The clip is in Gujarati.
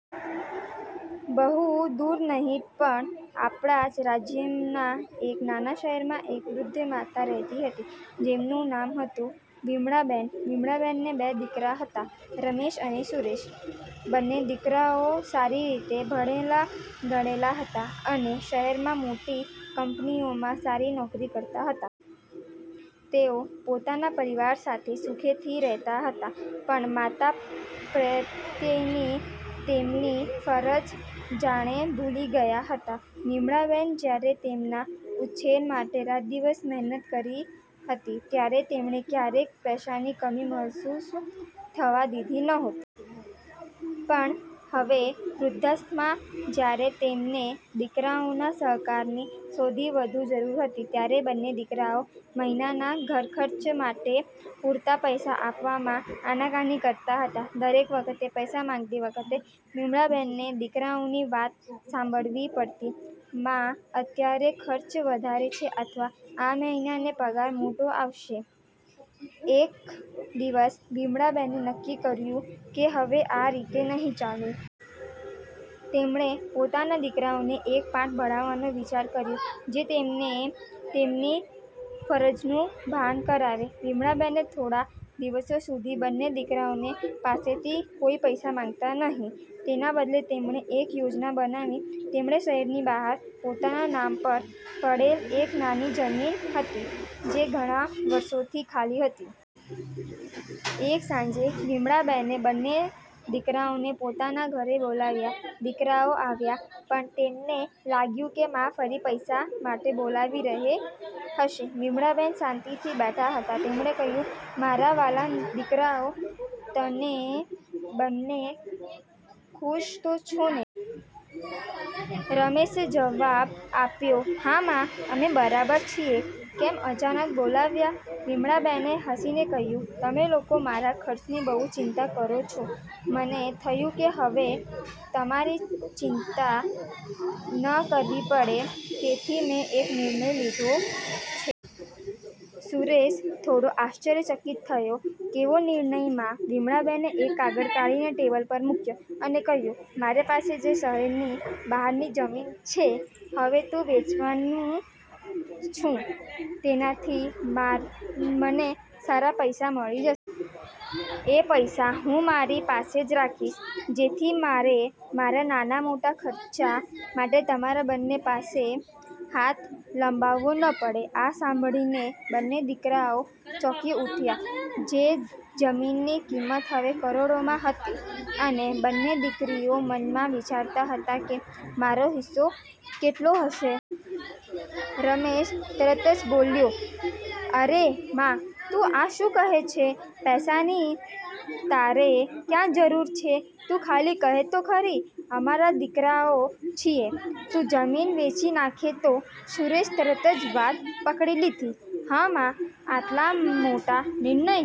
બહુ દૂર નહીં પણ આપણા જ રાજ્યના એક નાના શહેરમાં એક વૃદ્ધ માતા રહેતી હતી, જેમનું નામ હતું વિમળાબેન. વિમળાબેનને બે દીકરા હતા – રમેશ અને સુરેશ. બંને દીકરાઓ સારી રીતે ભણેલા-ગણેલા હતા અને શહેરમાં મોટી કંપનીઓમાં સારી નોકરી કરતા હતા. તેઓ પોતાના પરિવાર સાથે સુખેથી રહેતા હતા, પણ માતા પ્રત્યેની તેમની ફરજ જાણે ભૂલી ગયા હતા. વિમળાબેન જ્યારે તેમના ઉછેર માટે રાત-દિવસ મહેનત કરી હતી, ત્યારે તેમણે ક્યારેય પૈસાની કમી મહેસૂસ થવા દીધી નહોતી. પણ હવે, વૃદ્ધાસ્થામાં જ્યારે તેમને દીકરાઓના સહકારની સૌથી વધુ જરૂર હતી, ત્યારે બંને દીકરાઓ મહિનાના ઘરખર્ચ માટે પૂરતા પૈસા આપવામાં આનાકાની કરતા હતા. દરેક વખતે પૈસા માંગતી વખતે વિમળાબેનને દીકરાઓની વાત સાંભળવી પડતી: મા, અત્યારે ખર્ચ વધારે છે, અથવા "આ મહિના ને પગાર મોડો આવશે" એક દિવસ વિમળાબેને નક્કી કર્યું કે હવે આ રીતે નહીં ચાલે. તેમણે પોતાના દીકરાઓને એક પાઠ ભણાવવાનો વિચાર કર્યો, જે તેમને તેમની ફરજનું ભાન કરાવે. વિમળાબેને થોડા દિવસો સુધી બંને દીકરાઓને પાસેથી કોઈ પૈસા માંગતા નહીં. તેના બદલે, તેમણે એક યોજના બનાવી. તેમણે શહેરની બહાર પોતાના નામ પર પડેલી એક નાની જમીન હતી, જે ઘણા વર્ષોથી ખાલી હતી. એક સાંજે વિમળાબેને બંને દીકરાઓને પોતાના ઘરે બોલાવ્યા. દીકરાઓ આવ્યા, પણ તેમને લાગ્યું કે મા ફરી પૈસા માટે બોલાવી રહી હશે. વિમળાબેન શાંતિથી બેઠા હતા. તેમણે કહ્યું, મારા વહાલા દીકરાઓ, તમે બંને ખુશ તો છો ને? રમેશે જવાબ આપ્યો, હા મા, અમે બરાબર છીએ. કેમ અચાનક બોલાવ્યા? વિમળાબેને હસીને કહ્યું, તમે લોકો મારા ખર્ચની બહુ ચિંતા કરો છો. મને થયું કે હવે તમારે ચિંતા ન કરવી પડે, તેથી મેં એક નિર્ણય લીધો છે. સુરેશ થોડો આશ્ચર્યચકિત થયો, કેવો નિર્ણય, મા? વિમળાબેને એક કાગળ કાઢીને ટેબલ પર મૂક્યો અને કહ્યું, મારી પાસે જે શહેરની બહારની જમીન છે, તે હવે હું વેચવાની છું. તેનાથી મા મને સારા પૈસા મળી જશે. એ પૈસા હું મારી પાસે જ રાખીશ, જેથી મારે મારા નાના-મોટા ખર્ચા માટે તમારા બંને પાસે હાથ લંબાવવો ન પડે. આ સાંભળીને બંને દીકરાઓ ચોંકી ઉઠ્યા. એ જમીનની કિંમત હવે કરોડોમાં હતી, અને બંને દીકરાઓ મનમાં વિચારતા હતા કે મારો હિસ્સો કેટલો હશે. રમેશ તરત જ બોલ્યો, અરે મા! તું આ શું કહે છે? પૈસાની તારે ક્યાં જરૂર છે? તું ખાલી કહે તો ખરી! અમારા દીકરાઓ છીએ! તું જમીન વેચી નાખે તો! સુરેશે તરત જ વાત પકડી લીધી, હા મા, આટલા મોટા નિર્ણય